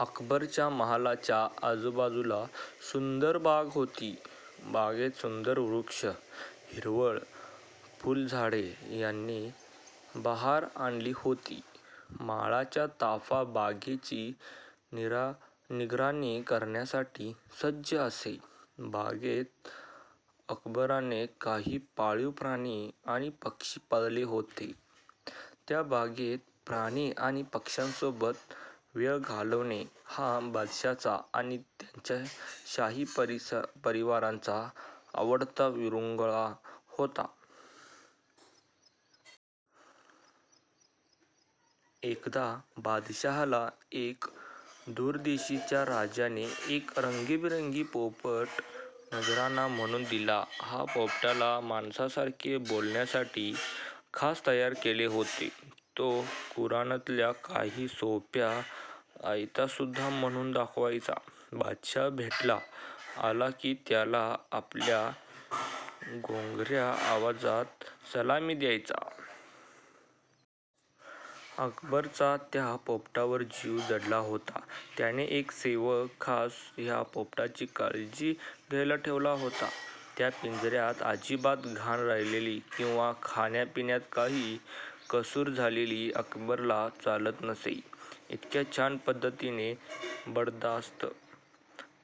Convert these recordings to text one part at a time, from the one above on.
अकबराच्या महालाच्या आजूबाजूला सुंदर बाग होती. बागेत सुंदर वृक्ष, हिरवळ, फुलझाडे यांनी बहार आणली होती. माळ्यांचा ताफा बागेची निगराणी करण्यासाठी सज्ज असे. बागेत अकबराने काही पाळीव प्राणी आणि पक्षी पाळले होते. त्या बागेत प्राणी आणि पक्ष्यांसोबत वेळ घालवणे हा बादशहाचा आणि त्याच्या शाही परिवाराचा आवडता विरंगुळा होता. एकदा बादशहाला एका दूरदेशीच्या राजाने एक रंगीबिरंगी पोपट नजराणा म्हणुन दिला. ह्या पोपटाला माणसासारखे बोलण्यासाठी खास तयार केले होते. तो कुराणातल्या काही सोप्या आयतासुद्धा म्हणुन दाखवायचा. बादशहा भेटायला आला कि त्याला आपल्या घोगऱ्या आवाजात सलामी द्यायचा. अकबराचा त्या पोपटावर जीव जडला होता. त्याने एक सेवक खास ह्या पोपटाची काळजी घ्यायला ठेवला होता. त्याच्या पिंजऱ्यात अजिबात घाण राहिलेली किंवा खाण्या पिण्यात काही कसुर झालेली अकबराला चालत नसे. इतक्या छान पद्धतीने बडदास्त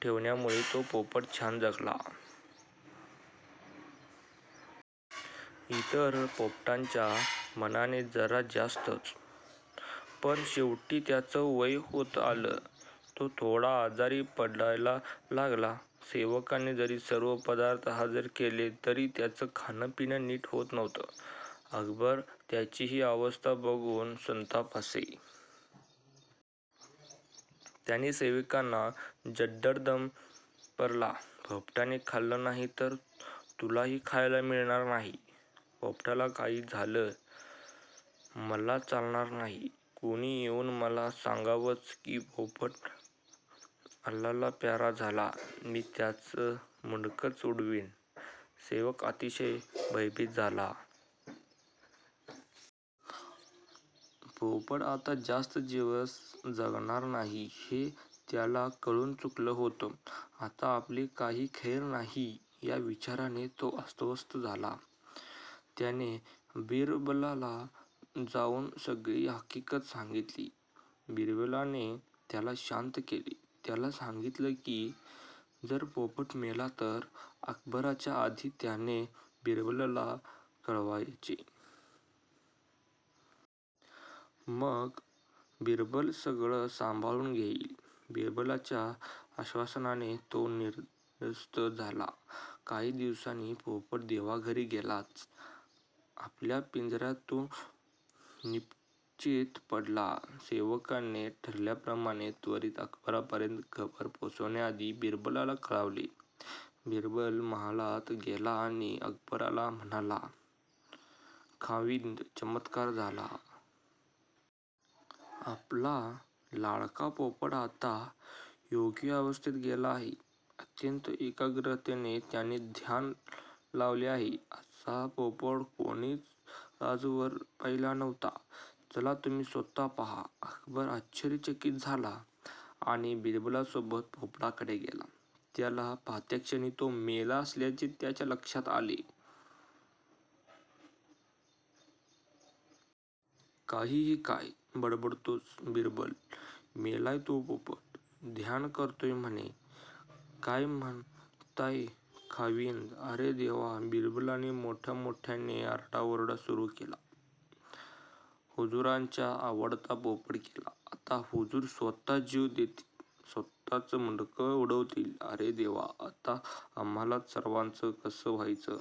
ठेवल्यामुळे तो पोपट छान जगला. इतर पोपटांच्या मानाने जरा जास्तच. पण शेवटी त्याचं वय होत आलं. तो थोडा आजारी पडायला लागला. सेवकाने जरी सर्व पदार्थ हजर केले तरी त्याचं खाणं पिणं नीट होत नव्हतं. अकबर त्याची हि अवस्था बघुन संतापत असे. त्याने सेवकाला सज्जड दम भरला. पोपटाने खाल्लं नाही तर तुलाही खायला मिळणार नाही. पोपटाला काही झालेलं मला चालणार नाही. कोणी येऊन मला सांगावंच कि पोपट अल्लाला प्यारा झाला, मी त्याचं मुंडकंच उडवीन. सेवक अतिशय भयभीत झाला. पोपट आता जास्त दिवस जगणार नाही हे त्याला कळुन चुकलं होतं. आता आपली काही खैर नाही या विचाराने तो अस्वस्थ झाला. त्याने बिरबलाला जाऊन सगळी हकीकत सांगितली. बिरबलाने त्याला शांत केले. त्याला सांगितले कि जर पोपट मेला तर अकबराच्या आधी त्याने बिरबलाला कळवायचे. मग बिरबल सगळं सांभाळुन घेईल. बिरबलाच्या आश्वासनाने तो निर्धास्त झाला. काही दिवसांनी पोपट देवाघरी गेलाच. आपल्या पिंजऱ्यात तो निपचित पडला. सेवकाने ठरल्याप्रमाणे त्वरेने अकबरापर्यंत खबर पोचण्याआधी बिरबलाला कळवले. बिरबल महालात गेला आणि अकबराला म्हणाला खाविंद, चमत्कार झाला. आपला लाडका पोपट आता योगी अवस्थेत गेला आहे. अत्यंत एकाग्रतेने त्याने ध्यान लावले आहे. असा पोपट कोणीच आजवर पाहिला नव्हता. चला तुम्ही स्वतः पहा. अकबर आश्चर्यचकित झाला आणि बिरबलसोबत पोपटाकडे गेला. त्याला पाहताक्षणी तो मेला असल्याचे त्याच्या लक्षात आले. काहीही काय बडबडतोस बिरबल? मेलाय तो पोपट. ध्यान करतोय म्हणे. काय म्हणताय खाविंद? अरे देवा बिरबलाने मोठमोठ्याने आरडाओरडा सुरु केला. हुजुरांचा आवडता पोपट गेला. आता हुजूर स्वतः जीव देतील, स्वतःचं मुंडकं उडवतील. अरे देवा आता आम्हा सर्वांचं कसं व्हावं.